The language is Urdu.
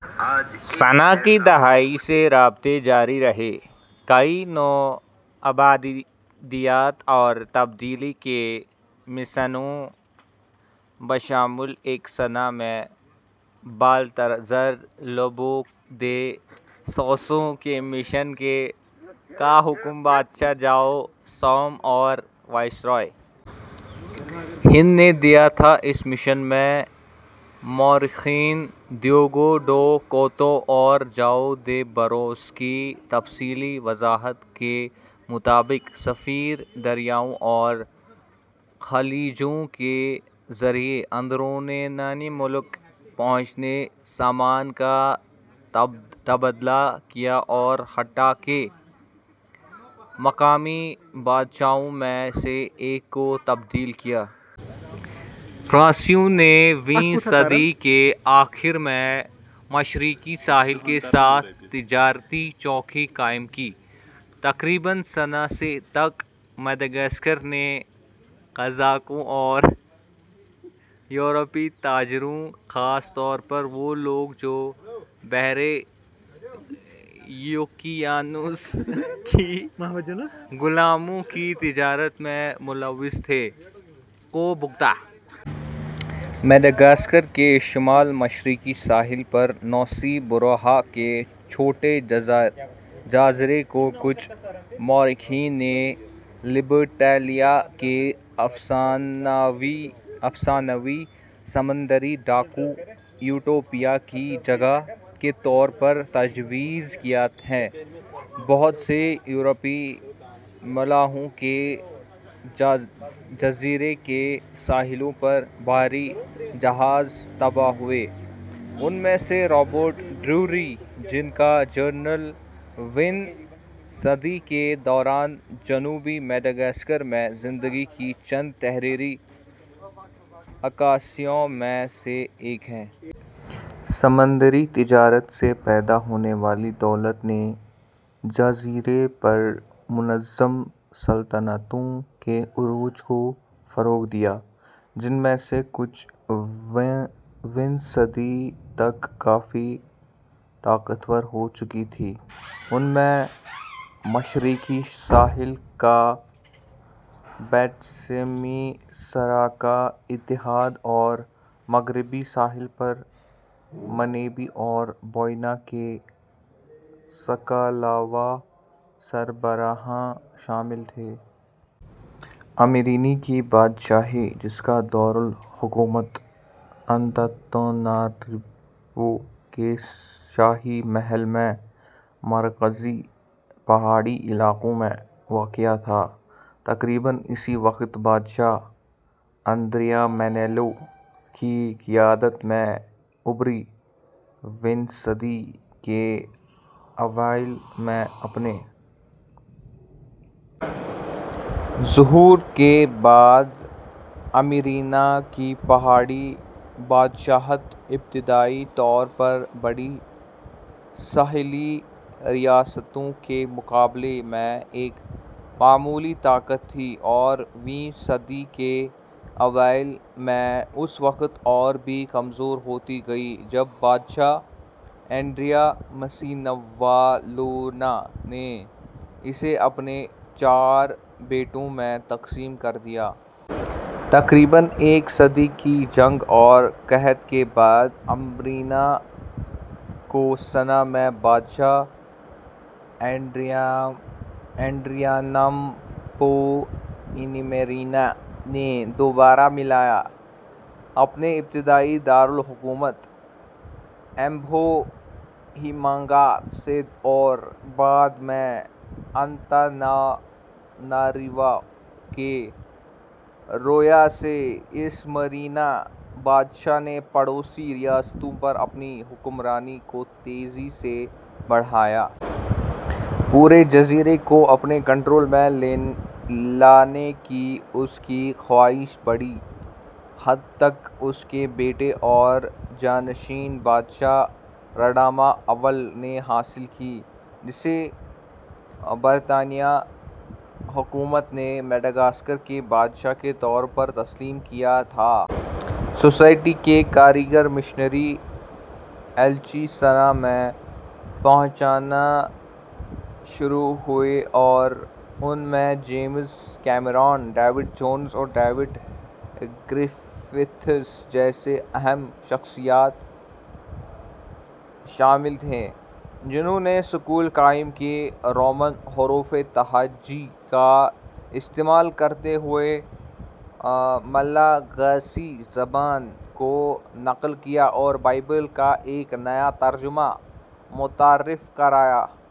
سنہ ء کی دہائی سے رابطے جاری رہے۔ کئی نوآبادیات اور تبدیلی کے مشنوں، بشمول ایک سنہ ء میں بالتزار لوبو ڈی سوسا کے مشن کے، کا حکم بادشاہ جواؤ سوم اور وائسرائے ہند نے دیا تھا، اس مشن میں، مورخین ڈیوگو ڈو کوٹو اور جواؤ ڈی باروس کی تفصیلی وضاحت کے مطابق، سفیر دریاؤں اور خلیجوں کے ذریعے اندرون ملک پہنچے، سامان کا تبادلہ کیا اور یہاں تک کہ مقامی بادشاہوں میں سے ایک کو تبدیل کیا۔ فرانسیسیوں نے ویں صدی کے آخر میں مشرقی ساحل کے ساتھ تجارتی چوکیاں قائم کیں۔ تقریباً سنہ ء سے ء تک، مڈغاسکر نے قزاقوں اور یورپی تاجروں، خاص طور پر وہ لوگ جو بحر اوقیانوس کی غلاموں کی تجارت میں ملوث تھے، کو بھگتا۔ مڈغاسکر کے شمال مشرقی ساحل پر نوسی بوروہا کے چھوٹے جزیرے کو کچھ مورخین نے لبرٹالیا کے افسانوی سمندری ڈاکو یوٹوپیا کی جگہ کے طور پر تجویز کیا ہے۔ بہت سے یورپی ملاحوں کے جزیرے کے ساحلوں پر بحری جہاز تباہ ہوئے، ان میں سے رابرٹ ڈریری، جن کا جریدہ ویں صدی کے دوران جنوبی مڈغاسکر میں زندگی کی چند تحریری عکاسیوں میں سے ایک ہے۔ سمندری تجارت سے پیدا ہونے والی دولت نے جزیرے پر منظم سلطنتوں کے عروج کو فروغ دیا، جن میں سے کچھ ویں صدی تک کافی طاقتور ہو چکی تھیں۔ ان میں مشرقی ساحل کا بیتسمیساراکا اتحاد اور مغربی ساحل پر مینابے اور بوینا کے ساکالوا سربراہان شامل تھے۔ امیرینا کی بادشاہی، جس کا دار الحکومت انتاناناریوو کے شاہی محل میں مرکزی پہاڑی علاقوں میں واقع تھا، تقریباً اسی وقت بادشاہ اینڈریامانیلو کی قیادت میں ابھری۔ ویں صدی کے اوائل میں اپنے ظہور کے بعد، امیرینا کی پہاڑی بادشاہت ابتدائی طور پر بڑی ساحلی ریاستوں کے مقابلے میں ایک معمولی طاقت تھی اور ویں صدی کے اوائل میں اس وقت اور بھی کمزور ہوتی گئی جب بادشاہ اندیریاماسیناوالونا نے اسے اپنے چار بیٹوں میں تقسیم کر دیا۔ تقریباً ایک صدی کی جنگ اور قحط کے بعد، امیرینا کو سنہ ء میں بادشاہ اینڈرینامپوینیمیرینا نے دوبارہ ملایا۔ اپنے ابتدائی دار الحکومت امبوہیمانگا سے اور بعد میں انتاناناریوو کے رووا سے، اس مرینا بادشاہ نے پڑوسی ریاستوں پر اپنی حکمرانی کو تیزی سے بڑھایا۔ پورے جزیرے کو اپنے کنٹرول میں لانے کی اس کی خواہش بڑی حد تک اس کے بیٹے اور جانشین، بادشاہ رداما اول نے حاصل کی، جسے برطانوی حکومت نے مڈغاسکر کے بادشاہ کے طور پر تسلیم کیا تھا۔ سوسائٹی کے کاریگر مشنری ایلچی سنہ ء میں پہنچنا شروع ہوئے اور ان میں جیمز کیمرون، ڈیوڈ جونز اور ڈیوڈ گریفتھس جیسی اہم شخصیات شامل تھیں، جنھوں نے اسکول قائم کیے، رومن حروف تہجی کا استعمال کرتے ہوئے ملاگاسی زبان کو نقل کیا اور بائبل کا ایک نیا ترجمہ متعارف کرایا۔